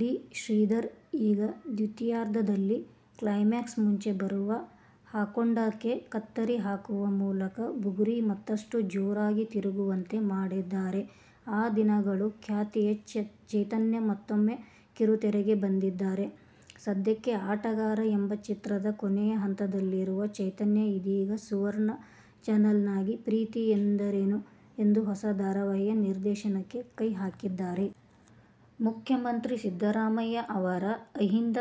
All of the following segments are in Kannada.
ಡಿ. ಶ್ರೀಧರ್, ಈಗ ದ್ವಿತಿಯಾರ್ಧದಲ್ಲಿ ಕ್ಲೈಮ್ಯಾಕ್ಸ್ಗೂ ಮುಂಚೆ ಬರುವ ಹಾಡೊಂದಕ್ಕೆ ಕತ್ತರಿ ಹಾಕುವ ಮೂಲಕ "ಬುಗುರಿ' ಮತ್ತಷ್ಟು ಜೋರಾಗಿ ತಿರುಗುವಂತೆ ಮಾಡಿದ್ದಾರೆ. "ಆ ದಿನಗಳು' ಖ್ಯಾತಿಯ ಚೈತನ್ಯ ಮತ್ತೂಮ್ಮೆ ಕಿರುತೆರೆಗೆ ಬಂದಿದ್ದಾರೆ. ಸದ್ಯಕ್ಕೆ "ಆಟಗಾರ' ಎಂಬ ಚಿತ್ರದ ಕೊನೆಯ ಹಂತದಲ್ಲಿರುವ ಚೈತನ್ಯ ಇದೀಗ ಸುವರ್ಣ ಚಾನಲ್ಗಾಗಿ "ಪ್ರೀತಿ ಎಂದರೇನು' ಎಂಬ ಹೊಸ ಧಾರಾವಾಹಿಯ ನಿರ್ದೇಶನಕ್ಕೆ ಕೈ ಹಾಕಿದ್ದಾರೆ. ಮುಖ್ಯಮಂತ್ರಿ ಸಿದ್ದರಾಮಯ್ಯ ಅವರ ಅಹಿಂದ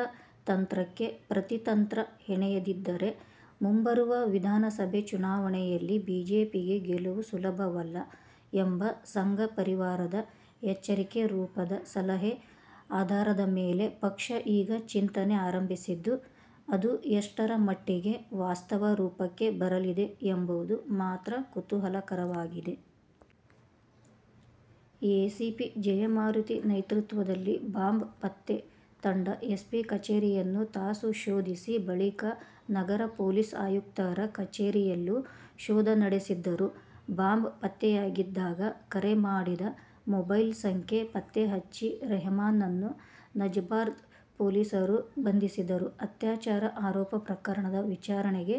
ತಂತ್ರಕ್ಕೆ ಪ್ರತಿತಂತ್ರ ಹೆಣೆಯದಿದ್ದರೆ ಮುಂಬರುವ ವಿಧಾನಸಭೆ ಚುನಾವಣೆಯಲ್ಲಿ ಬಿಜೆಪಿಗೆ ಗೆಲುವು ಸುಲಭವಲ್ಲ ಎಂಬ ಸಂಘ ಪರಿವಾರದ ಎಚ್ಚರಿಕೆ ರೂಪದ ಸಲಹೆಯ ಆಧಾರದ ಮೇಲೆ ಪಕ್ಷ ಈಗ ಚಿಂತನೆ ಆರಂಭಿಸಿದ್ದು, ಅದು ಎಷ್ಟರ ಮಟ್ಟಿಗೆ ವಾಸ್ತವ ರೂಪಕ್ಕೆ ಬರಲಿದೆ ಎಂಬುದು ಮಾತ್ರ ಕುತೂಹಲಕರವಾಗಿದೆ. ಎಸಿಪಿ ಜಯಮಾರುತಿ ನೇತೃತ್ವದಲ್ಲಿ ಬಾಂಬ್ ಪತ್ತೆ ತಂಡ ಎಸ್ಪಿ ಕಚೇರಿಯನ್ನು ತಾಸು ಶೋಧಿಸಿ, ಬಳಿಕ ನಗರ ಪೊಲೀಸ್ ಆಯುಕ್ತರ ಕಚೇರಿಯಲ್ಲೂ ಶೋಧ ನಡೆಸಿದ್ದರು. ಬಾಂಬ್ ಪತ್ತೆಯಾಗದಿದ್ದಾಗ ಕರೆ ಮಾಡಿದ ಮೊಬೈಲ್ ಸಂಖ್ಯೆ ಪತ್ತೆ ಹಚ್ಚಿ, ರೆಹಮಾನ್ನನ್ನು ನಜರ್ಬಾದ್ ಪೊಲೀಸರು ಬಂಧಿಸಿದರು. ಅತ್ಯಾಚಾರ ಆರೋಪ ಪ್ರಕರಣದ ವಿಚಾರಣೆಗೆ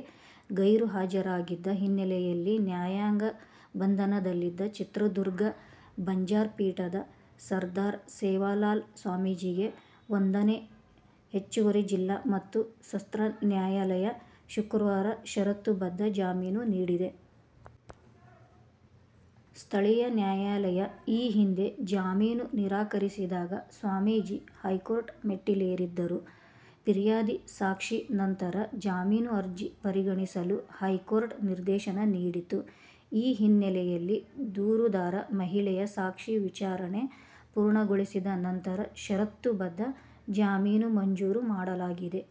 ಗೈರು ಹಾಜರಾಗಿದ್ದ ಹಿನ್ನೆಲೆಯಲ್ಲಿ ನ್ಯಾಯಾಂಗ ಬಂಧನದಲ್ಲಿದ್ದ ಚಿತ್ರದುರ್ಗ ಬಂಜಾರ ಪೀಠದ ಸರ್ದಾರ ಸೇವಾಲಾಲ್ ಸ್ವಾಮೀಜಿಗೆ ಒಂದನೇ ಹೆಚ್ಚುವರಿ ಜಿಲ್ಲಾ ಮತ್ತು ಸತ್ರ ನ್ಯಾಯಾಲಯ ಶುಕ್ರವಾರ ಷರತ್ತುಬದ್ಧ ಜಾಮೀನು ನೀಡಿದೆ. ಸ್ಥಳೀಯ ನ್ಯಾಯಾಲಯ ಈ ಹಿಂದೆ ಜಾಮೀನು ನಿರಾಕರಿಸಿದಾಗ ಸ್ವಾಮೀಜಿ, ಹೈಕೋರ್ಟ್ ಮೆಟ್ಟಿಲೇರಿದ್ದರು. ಪಿರ್ಯಾದಿ ಸಾಕ್ಷಿ ನಂತರ ಜಾಮೀನು ಅರ್ಜಿ ಪರಿಗಣಿಸಲು ಹೈಕೋರ್ಟ್ ನಿರ್ದೇಶನ ನೀಡಿತ್ತು. ಈ ಹಿನ್ನೆಲೆಯಲ್ಲಿ ದೂರುದಾರ ಮಹಿಳೆಯ ಸಾಕ್ಷಿ ವಿಚಾರಣೆ ಪೂರ್ಣಗೊಳಿಸಿದ ನಂತರ ಷರತ್ತುಬದ್ಧ ಜಾಮೀನು ಮಂಜೂರು ಮಾಡಲಾಗಿದೆ.